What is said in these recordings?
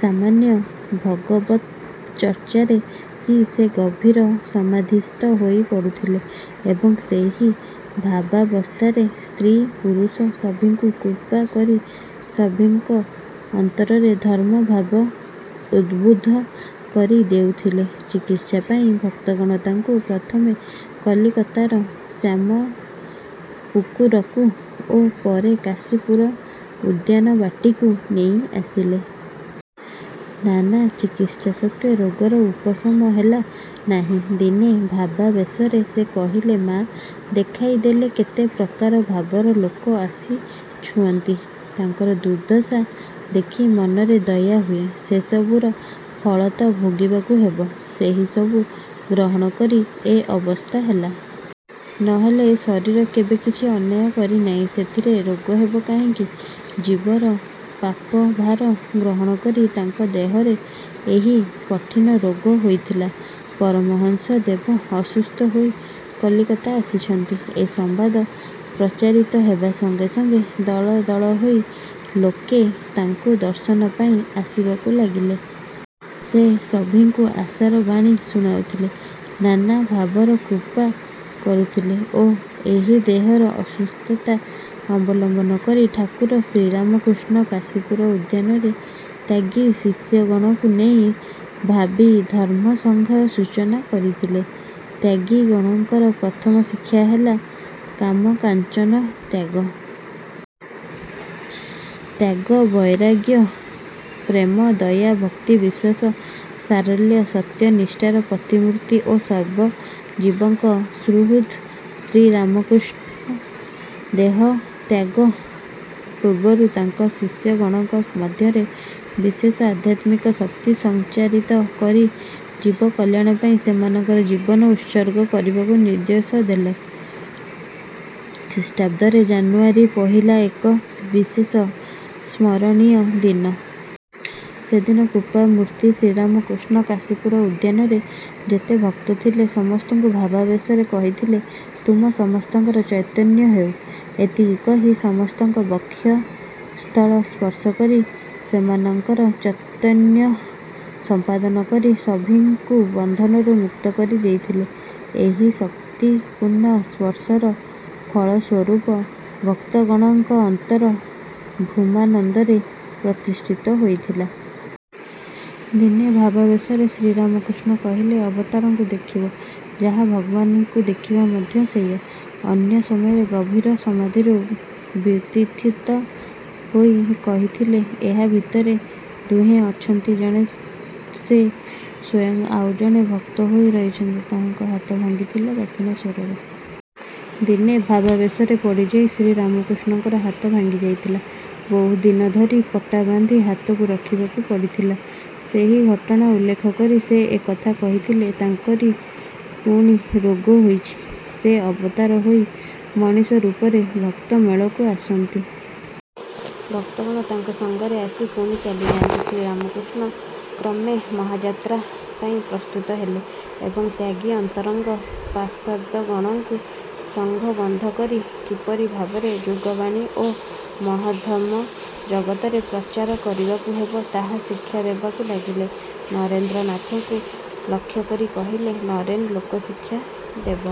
ସାମାନ୍ୟ ଭଗବତ୍ଚର୍ଚ୍ଚାରେ ହିଁ ସେ ଗଭୀର ସମାଧିସ୍ଥ ହୋଇ ପଡ଼ୁଥିଲେ ଏବଂ ସେହି ଭାବାବସ୍ଥାରେ ସ୍ତ୍ରୀ ପୁରୁଷ ସଭିଙ୍କୁ କୃପା କରି ସଭିଙ୍କ ଅନ୍ତରରେ ଧର୍ମଭାବ ଉଦ୍ବୁଦ୍ଧ କରି ଦେଉଥିଲେ। ଚିକିତ୍ସା ପାଇଁ ଭକ୍ତଗଣ ତାଙ୍କୁ ପ୍ରଥମେ କଲିକତାର ଶ୍ୟାମପୁକୁରକୁ ଓ ପରେ କାଶୀପୁର ଉଦ୍ୟାନବାଟୀକୁ ନେଇ ଆସିଲେ। ନାନା ଚିକିତ୍ସା ସତ୍ତ୍ୱେ ରୋଗର ଉପଶମ ହେଲା ନାହିଁ। ଦିନେ ଭାବାବେଶରେ ସେ କହିଲେ ମା ଦେଖାଇ ଦେଲେ କେତେ ପ୍ରକାର ଭାବର ଲୋକ ଆସି ଛୁଅଁନ୍ତି ତାଙ୍କର ଦୁର୍ଦ୍ଦଶା ଦେଖି ମନରେ ଦୟା ହୁଏ ସେସବୁର ଫଳ ତ ଭୋଗିବାକୁ ହେବ। ସେହିସବୁ ଗ୍ରହଣ କରି ଏ ଅବସ୍ଥା ହେଲା। ନ ହେଲେ ଏ ଶରୀର କେବେ କିଛି ଅନ୍ୟାୟ କରି ନାହିଁ ସେଥିରେ ରୋଗ ହେବ କାହିଁକି। ଜୀବର ପାପଭାର ଗ୍ରହଣ କରି ତାଙ୍କ ଦେହରେ ଏହି କଠିନ ରୋଗ ହୋଇଥିଲା। ପରମହଂସଦେବ ଅସୁସ୍ଥ ହୋଇ କଲିକତା ଆସିଛନ୍ତି ଏ ସମ୍ବାଦ ପ୍ରଚାରିତ ହେବା ସଙ୍ଗେ ସଙ୍ଗେ ଦଳ ଦଳ ହୋଇ ଲୋକେ ତାଙ୍କୁ ଦର୍ଶନ ପାଇଁ ଆସିବାକୁ ଲାଗିଲେ। ସେ ସଭିଙ୍କୁ ଆଶାର ବାଣୀ ଶୁଣାଉଥିଲେ ନାନା ଭାବର କୃପା କରୁଥିଲେ ଏବଂ ଏହି ଦେହର ଅସୁସ୍ଥତା ଅବଲମ୍ବନ କରି ଠାକୁର ଶ୍ରୀରାମକୃଷ୍ଣ କାଶୀପୁର ଉଦ୍ୟାନରେ ତ୍ୟାଗୀ ଶିଷ୍ୟଗଣଙ୍କୁ ନେଇ ଭାବୀ ଧର୍ମସଂଘର ସୂଚନା କରିଥିଲେ। ତ୍ୟାଗୀଗଣଙ୍କର ପ୍ରଥମ ଶିକ୍ଷା ହେଲା କାମ କାଞ୍ଚନ ତ୍ୟାଗ। ତ୍ୟାଗ ବୈରାଗ୍ୟ ପ୍ରେମ ଦୟା ଭକ୍ତି ବିଶ୍ୱାସ ସାରଲ୍ୟ ସତ୍ୟନିଷ୍ଠାର ପ୍ରତିମୂର୍ତ୍ତି ଓ ସର୍ବଜୀବଙ୍କ ସୁହୃଦ୍ ଶ୍ରୀରାମକୃଷ୍ଣ ଦେହତ୍ୟାଗ ପୂର୍ବରୁ ତାଙ୍କ ଶିଷ୍ୟଗଣଙ୍କ ମଧ୍ୟରେ ବିଶେଷ ଆଧ୍ୟାତ୍ମିକ ଶକ୍ତି ସଂଚାରିତ କରି ଜୀବ କଲ୍ୟାଣ ପାଇଁ ସେମାନଙ୍କର ଜୀବନ ଉତ୍ସର୍ଗ କରିବାକୁ ନିର୍ଦ୍ଦେଶ ଦେଲେ। ଖ୍ରୀଷ୍ଟାବ୍ଦରେ ଜାନୁଆରୀ ପହିଲା ଏକ ବିଶେଷ ସ୍ମରଣୀୟ ଦିନ। ସେଦିନ କୃପାମୂର୍ତ୍ତି ଶ୍ରୀରାମକୃଷ୍ଣ କାଶୀପୁର ଉଦ୍ୟାନରେ ଯେତେ ଭକ୍ତ ଥିଲେ ସମସ୍ତଙ୍କୁ ଭାବାବେଶରେ କହିଥିଲେ ତୁମ ସମସ୍ତଙ୍କର ଚୈତନ୍ୟ ହେଉ। ଏତିକି କହି ସମସ୍ତଙ୍କ ବକ୍ଷସ୍ଥଳ ସ୍ପର୍ଶ କରି ସେମାନଙ୍କର ଚୈତନ୍ୟ ସମ୍ପାଦନ କରି ସଭିଙ୍କୁ ବନ୍ଧନରୁ ମୁକ୍ତ କରି ଦେଇଥିଲେ। ଏହି ଶକ୍ତିପୂର୍ଣ୍ଣ ସ୍ପର୍ଶର ଫଳସ୍ୱରୂପ ଭକ୍ତଗଣଙ୍କ ଅନ୍ତର ଭୂମାନନ୍ଦରେ ପ୍ରତିଷ୍ଠିତ ହୋଇଥିଲା। ଦିନେ ଭାବାବେଶରେ ଶ୍ରୀରାମକୃଷ୍ଣ କହିଲେ ଅବତାରଙ୍କୁ ଦେଖିବା ଯାହା ଭଗବାନଙ୍କୁ ଦେଖିବା ମଧ୍ୟ ସେଇଆ। ଅନ୍ୟ ସମୟରେ ଗଭୀର ସମାଧିରୁ ବ୍ୟୁତ୍ଥିତ ହୋଇ କହିଥିଲେ ଏହା ଭିତରେ ଦୁହେଁ ଅଛନ୍ତି ଜଣେ ସେ ସ୍ୱୟଂ ଆଉ ଜଣେ ଭକ୍ତ ହୋଇ ରହିଛନ୍ତି ଯାହାଙ୍କ ହାତ ଭାଙ୍ଗିଥିଲା ଦକ୍ଷିଣେଶ୍ୱରରେ। ଦିନେ ଭାବାବେଶରେ ପଡ଼ିଯାଇ ଶ୍ରୀରାମକୃଷ୍ଣଙ୍କର ହାତ ଭାଙ୍ଗିଯାଇଥିଲା। ବହୁ ଦିନ ଧରି ପଟା ବାନ୍ଧି ହାତକୁ ରଖିବାକୁ ପଡ଼ିଥିଲା। ସେହି ଘଟଣା ଉଲ୍ଲେଖ କରି ସେ ଏକଥା କହିଥିଲେ। ତାଙ୍କରି ପୁଣି ରୋଗ ହୋଇଛି। ସେ ଅବତାର ହୋଇ ମଣିଷ ରୂପରେ ଭକ୍ତ ମେଳକୁ ଆସନ୍ତି। ଭକ୍ତଗଣ ତାଙ୍କ ସଙ୍ଗରେ ଆସି ପୁଣି ଚାଲିଯାଆନ୍ତି। ଶ୍ରୀରାମକୃଷ୍ଣ କ୍ରମେ ମହାଯାତ୍ରା ପାଇଁ ପ୍ରସ୍ତୁତ ହେଲେ ଏବଂ ତ୍ୟାଗୀ ଅନ୍ତରଙ୍ଗ ପାର୍ଷଦଗଣଙ୍କୁ ସଂଘବଦ୍ଧ କରି କିପରି ଭାବରେ ଯୁଗବାଣୀ ଓ ମହଦ୍ଧର୍ମ ଜଗତରେ ପ୍ରଚାର କରିବାକୁ ହେବ ତାହା ଶିକ୍ଷା ଦେବାକୁ ଲାଗିଲେ। ନରେନ୍ଦ୍ରନାଥଙ୍କୁ ଲକ୍ଷ୍ୟ କରି କହିଲେ ନରେନ୍ ଲୋକଶିକ୍ଷା ଦେବ।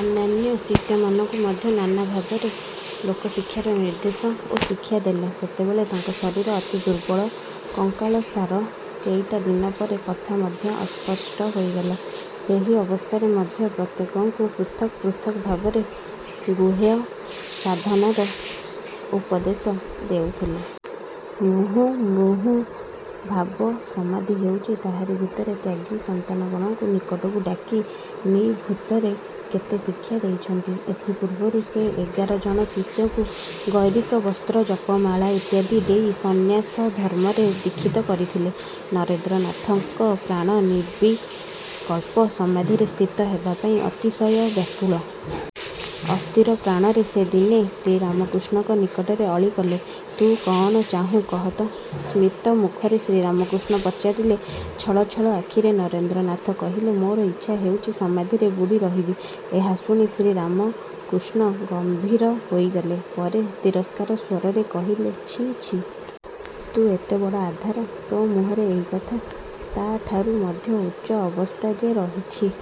ଅନ୍ୟାନ୍ୟ ଶିଷ୍ୟମାନଙ୍କୁ ମଧ୍ୟ ନାନା ଭାବରେ ଲୋକଶିକ୍ଷାର ନିର୍ଦ୍ଦେଶ ଓ ଶିକ୍ଷା ଦେଲେ। ସେତେବେଳେ ତାଙ୍କ ଶରୀର ଅତି ଦୁର୍ବଳ କଙ୍କାଳସାର କେଇଟା ଦିନ ପରେ କଥା ମଧ୍ୟ ଅସ୍ପଷ୍ଟ ହୋଇଗଲା। ସେହି ଅବସ୍ଥାରେ ମଧ୍ୟ ପ୍ରତ୍ୟେକଙ୍କୁ ପୃଥକ୍ ପୃଥକ୍ ଭାବରେ ଗୁହ୍ୟ ସାଧନାର ଉପଦେଶ ଦେଉଥିଲେ। ମୁହୁର୍ମୁହୁଃ ଭାବସମାଧି ହେଉଛି ତାହାରି ଭିତରେ ତ୍ୟାଗୀ ସନ୍ତାନଗଣଙ୍କୁ ନିକଟକୁ ଡାକି ନିଭୃତରେ କେତେ ଶିକ୍ଷା ଦେଇଛନ୍ତି। ଏଥିପୂର୍ବରୁ ସେ ଏଗାର ଜଣ ଶିଷ୍ୟଙ୍କୁ ଗୈରିକବସ୍ତ୍ର ଜପମାଳା ଇତ୍ୟାଦି ଦେଇ ସନ୍ନ୍ୟାସଧର୍ମରେ ଦୀକ୍ଷିତ କରିଥିଲେ। ନରେନ୍ଦ୍ରନାଥଙ୍କ ପ୍ରାଣ ନିର୍ବିକଳ୍ପ ସମାଧିରେ ସ୍ଥିତ ହେବା ପାଇଁ ଅତିଶୟ ବ୍ୟାକୁଳ। ଅସ୍ଥିର ପ୍ରାଣରେ ସେ ଦିନେ ଶ୍ରୀରାମକୃଷ୍ଣଙ୍କ ନିକଟରେ ଅଳି କଲେ। ତୁ କଅଣ ଚାହୁଁ କହ ତ। ସ୍ମିତମୁଖରେ ଶ୍ରୀରାମକୃଷ୍ଣ ପଚାରିଲେ। ଛଳ ଛଳ ଆଖିରେ ନରେନ୍ଦ୍ରନାଥ କହିଲେ ମୋର ଇଚ୍ଛା ହେଉଛି ସମାଧିରେ ବୁଡ଼ି ରହିବି। ଏହା ଶୁଣି ଶ୍ରୀରାମକୃଷ୍ଣ ଗମ୍ଭୀର ହୋଇଗଲେ। ପରେ ତିରସ୍କାର ସ୍ୱରରେ କହିଲେ ଛି ଛି। ତୁ ଏତେ ବଡ଼ ଆଧାର। ତୋ ମୁହଁରେ ଏଇ କଥା। ତାଠାରୁ ମଧ୍ୟ ଉଚ୍ଚ ଅବସ୍ଥା ଯେ ରହିଛି।